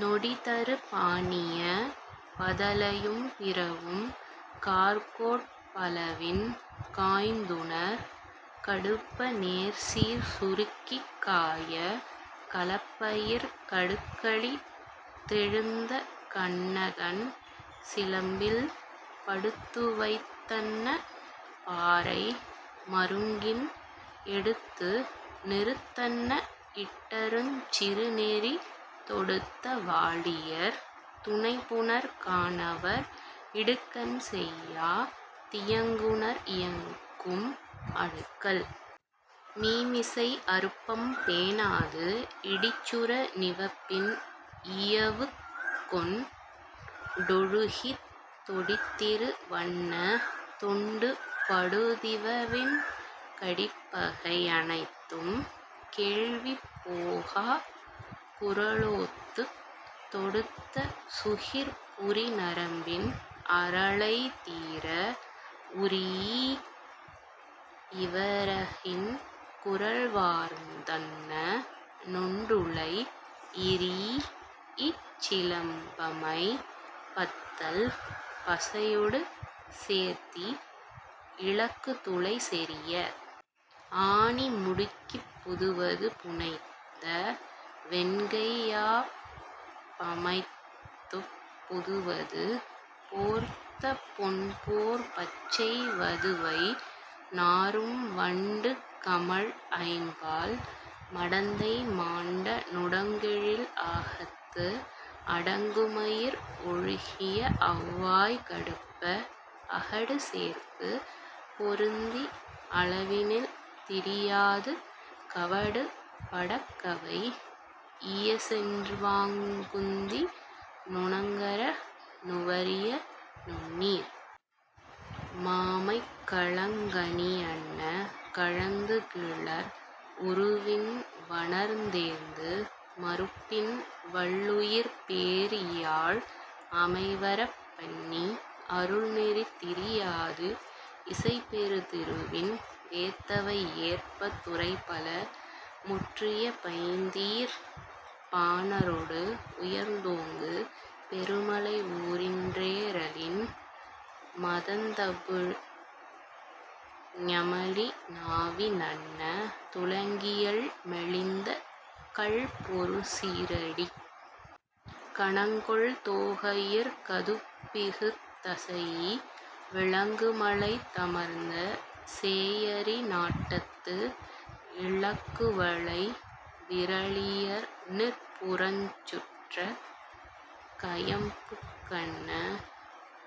நொடிதரு பாணிய பதலையும் பிறவும் கார்கோட் பலவின் காய்த்துணர் கடுப்ப நேர்சீர் சுருக்கிக் காய கலப்பையிர் கடுக்கலித் தெழுந்த கண்ணகன் சிலம்பில் படுத்துவைத் தன்ன பாறை மருங்கின் எடுத்துநிறுத் தன்ன இட்டருஞ் சிறுநெறி தொடுத்த வாளியர் துணைபுணர் கானவர் இடுக்கண் செய்யா தியங்குநர் இயக்கும் அடுக்கல் மீமிசை அருப்பம் பேணாது இடிச்சுர நிவப்பின் இயவுக்கொண் டொழுகித் தொடித்திரி வன்ன தொண்டுபடு திவவின் கடிப்பகை யனைத்தும் கேள்வி போகாக் குரலோர்த்துத் தொடுத்த சுகிர்புரி நரம்பின் அரலை தீர உரீஇ வரகின் குரல்வார்ந் தன்ன நுண்டுளை இரீஇச் சிலம்பமை பத்தல் பசையொடு சேர்த்தி இலங்குதுளை செறிய ஆணி முடுக்கிப் புதுவது புனைந்த வெண்கை யாப்பமைத்துப் புதுவது போர்த்த பொன்போற் பச்சை வதுவை நாறும் வண்டுகமழ் ஐம்பால் மடந்தை மாண்ட நுடங்கெழில் ஆகத்து அடங்குமயிர் ஒழுகிய அவ்வாய் கடுப்ப அகடுசேர்பு பொருந்தி அளவினில் திரியாது கவடுபடக் கவைஇய சென்றுவாங் குந்தி நுணங்கர நுவறிய நுண்ணீர் மாமைக் களங்கனி யன்ன கதழ்ந்துகிளர் உருவின் வணர்ந்தேந்து மருப்பின் வள்ளுயிர்ப் பேரியாழ் அமைவரப் பண்ணி அருள்நெறி திரியாது இசைபெறு திருவின் வேத்தவை ஏற்பத் துறைபல முற்றிய பைதீர் பாணரொடு உயர்ந்தோங்கு பெருமலை ஊறின் றேறலின் மதந்தபு ஞமலி நாவி நன்ன துளங்கியல் மெலிந்த கல்பொரு சீறடிக் கணங்கொள் தோகையிற் கதுப்பிகுத் தசைஇ விலங்குமலைத் தமர்ந்த சேயரி நாட்டத்து இலங்குவளை விறலியர் நிற்புறஞ் சுற்றக் கயம்புக் கன்ன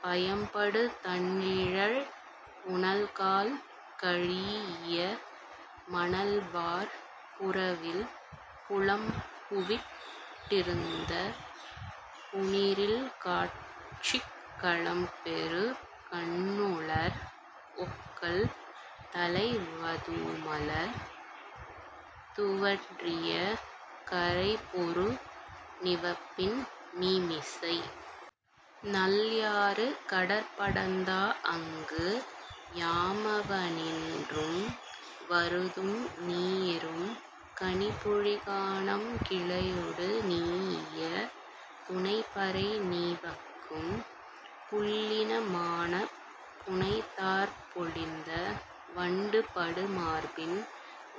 பயம்படு தண்ணிழல் புனல்கால் கழீஇய மணல்வார் புறவில் புலம்புவிட் டிருந்த புனிறில் காட்சிக் கலம்பெறு கண்ணுளர் ஒக்கல் தலைவ தூமலர் துவன்றிய கரைபொரு நிவப்பின் மீமிசை நல்யாறு கடற்படர்ந் தாஅங்கு யாமவ ணின்றும் வருதும் நீயிரும் கனிபொழி கானம் கிளையொ டுணீஇய துனைபறை நிவக்கும் புள்ளின மானப் புனைதார்ப் பொலிந்த வண்டுபடு மார்பின்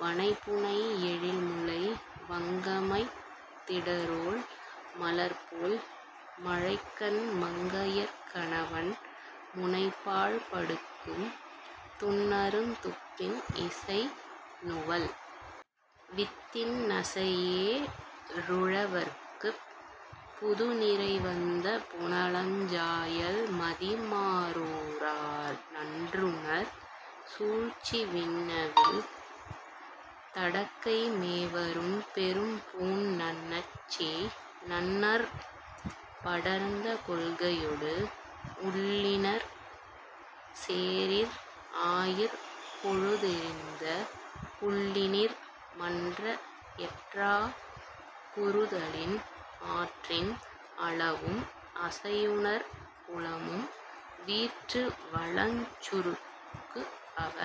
வனைபுனை எழின்முலை வாங்கமைத் திரடோ ள் மலர்போல் மழைக்கண் மங்கையர் கணவன் முனைபாழ் படுக்கும் துன்னருந் துப்பின் இசைநுவல் வித்தின் நசையே ருழவர்க்குப் புதுநிறை வந்த புனலஞ் சாயல் மதிமா றோரா நன்றுணர் சூழ்ச்சி வின்னவில் தடக்கை மேவரும் பெரும்பூண் நன்னன்சேய் நன்னற் படர்ந்த கொள்கையொடு உள்ளினிர் சேறிர் ஆயிற் பொழுதெதிர்ந்த புள்ளினிர் மன்ற எற்றாக் குறுதலின் ஆற்றின் அளவும் அசையுநற் புலமும் வீற்றுவளஞ் சுரக்குஅவ